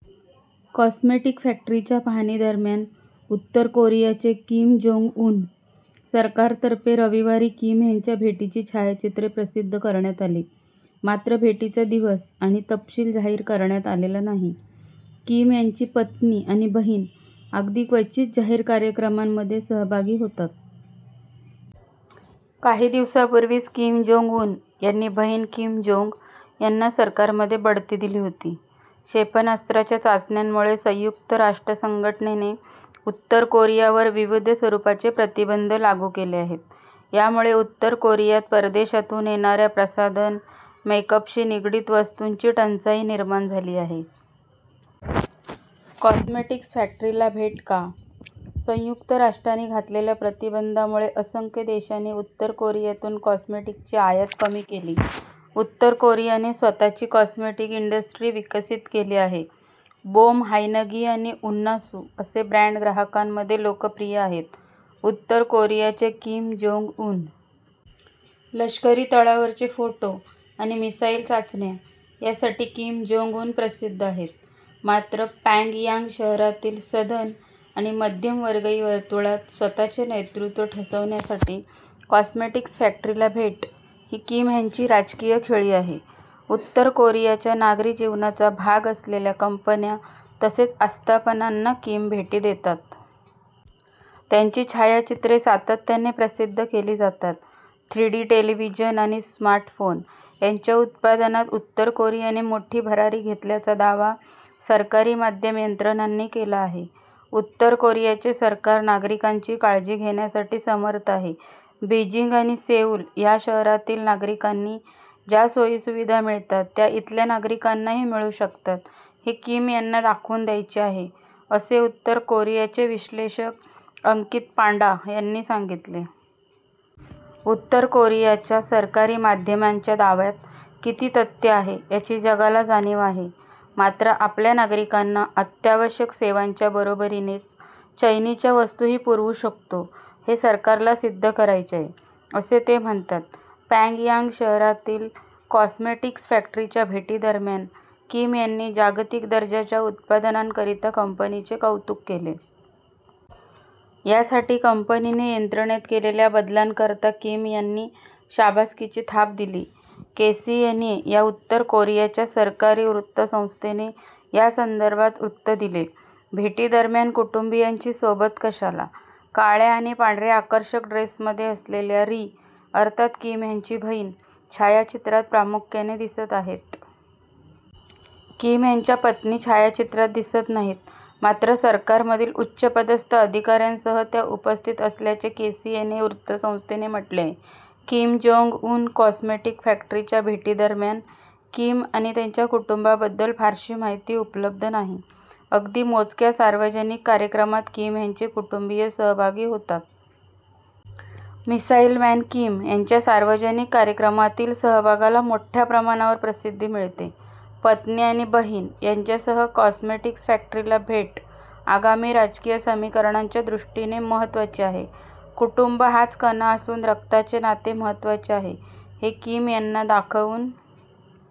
Cosmetic फॅक्टरीच्या पाहणीदरम्यान उत्तर कोरियाचे किम जोंग उन. सरकारतर्फे रविवारी किम यांच्या भेटीची छायाचित्रे प्रसिद्ध करण्यात आली, मात्र भेटीचा दिवस आणि तपशील जाहीर करण्यात आलेला नाही. किम यांची पत्नी आणि बहीण अगदी क्वचित जाहीर कार्यक्रमांमध्ये सहभागी होतात. काही दिवसांपूर्वीच किम जोंग उन यांनी बहीण किम जोंग यांना सरकारमध्ये बढती दिली होती. क्षेपणास्त्रांच्या चाचण्यांमुळे संयुक्त राष्ट्र संघटनेने उत्तर कोरियावर विविध स्वरूपाचे प्रतिबंध लागू केले आहेत. यामुळे उत्तर कोरियात परदेशातून येणाऱ्या प्रसाधन, मेकअपशी निगडित वस्तूंची टंचाई निर्माण झाली आहे. कॉस्मेटिक्स फॅक्टरीला भेट का? संयुक्त राष्ट्रांनी घातलेल्या प्रतिबंधामुळे असंख्य देशांनी उत्तर कोरियातून कॉस्मेटिक्सची आयात कमी केली. उत्तर कोरियाने स्वतःची कॉस्मेटिक्स इंडस्ट्री विकसित केली आहे. बोमहायनगी आणि उन्हासू असे ब्रँड ग्राहकांमध्ये लोकप्रिय आहेत. उत्तर कोरियाचे किम जोंग उन. लष्करी तळांवरचे फोटो आणि मिसाइल चाचण्या यासाठी किम जोंग उन प्रसिद्ध आहेत. मात्र प्यॉंगयांग शहरातील सधन आणि मध्यमवर्गीय वर्तुळात स्वतःचे नेतृत्व ठसवण्यासाठी कॉस्मेटिक्स फॅक्टरीला भेट ही किम यांची राजकीय खेळी आहे. उत्तर कोरियाच्या नागरी जीवनाचा भाग असलेल्या कंपन्या तसेच आस्थापनांना किम भेटी देतात. त्याची छायाचित्रे सातत्याने प्रसिद्ध केली जातात. थ्री डी टेलिव्हिजन आणि स्मार्टफोन यांच्या उत्पादनात उत्तर कोरियाने मोठी भरारी घेतल्याचा दावा सरकारी माध्यम यंत्रणांनी केला आहे. उत्तर कोरियाचे सरकार नागरिकांची काळजी घेण्यासाठी समर्थ आहे. बीजिंग आणि सेऊल या शहरातील नागरिकांना ज्या सोयीसुविधा मिळतात त्या इथल्या नागरिकांनाही मिळू शकतात हे किम यांना दाखवून द्यायचे आहे, असे उत्तर कोरियाचे विश्लेषक अंकित पांडा यांनी सांगितले. उत्तर कोरियाच्या सरकारी माध्यमांच्या दाव्यात किती तथ्य आहे याची जगाला जाणीव आहे. मात्र आपल्या नागरिकांना अत्यावश्यक सेवांच्या बरोबरीने चैनीच्या वस्तूही पुरवू शकतो हे सरकारला सिद्ध करायचे आहे, असे ते म्हणतात. प्यॉंगयांग शहरातील कॉस्मेटिक्स फॅक्टरीच्या भेटीदरम्यान किम यांनी जागतिक दर्जाच्या उत्पादनांकरता कंपनीचे कौतुक केले. यासाठी कंपनीने यंत्रणेत केलेल्या बदलांकरता किम यांनी शाबासकीची थाप दिली. केसीएनए या उत्तर कोरियाच्या सरकारी वृत्तसंस्थेने यासंदर्भात वृत्त दिले. भेटीदरम्यान कुटुंबीयांची सोबत कशाला? काळ्या आणि पांढऱ्या आकर्षक ड्रेसमध्ये असलेल्या री अर्थात किम यांची बहीण छायाचित्रात प्रामुख्याने दिसत आहेत. किम यांच्या पत्नी छायाचित्रात दिसत नाहीत. मात्र सरकारमधील उच्चपदस्थ अधिकाऱ्यांसह त्या उपस्थित असल्याचे केसीएनए या वृत्तसंस्थेने म्हटले आहे. किम जोंग उन कॉस्मेटिक फॅक्टरीच्या भेटीदरम्यान किम आणि त्यांच्या कुटुंबाबद्दल फारशी माहिती उपलब्ध नाही. अगदी मोजक्या सार्वजनिक कार्यक्रमांत किम यांचे कुटुंबीय सहभागी होतात. मिसाइल मॅन किम यांच्या सार्वजनिक कार्यक्रमातील सहभागाला मोठ्या प्रमाणावर प्रसिद्धी मिळते. 'पत्नी आणि बहीण यांच्यासह कॉस्मेटिक्स फॅक्टरीला भेट आगामी राजकीय समीकरणांच्या दृष्टीने महत्त्वाचे आहे. कुटुंब हाच कणा असून, रक्ताचे नाते महत्त्वाचे आहे हे किम यांना दाखवून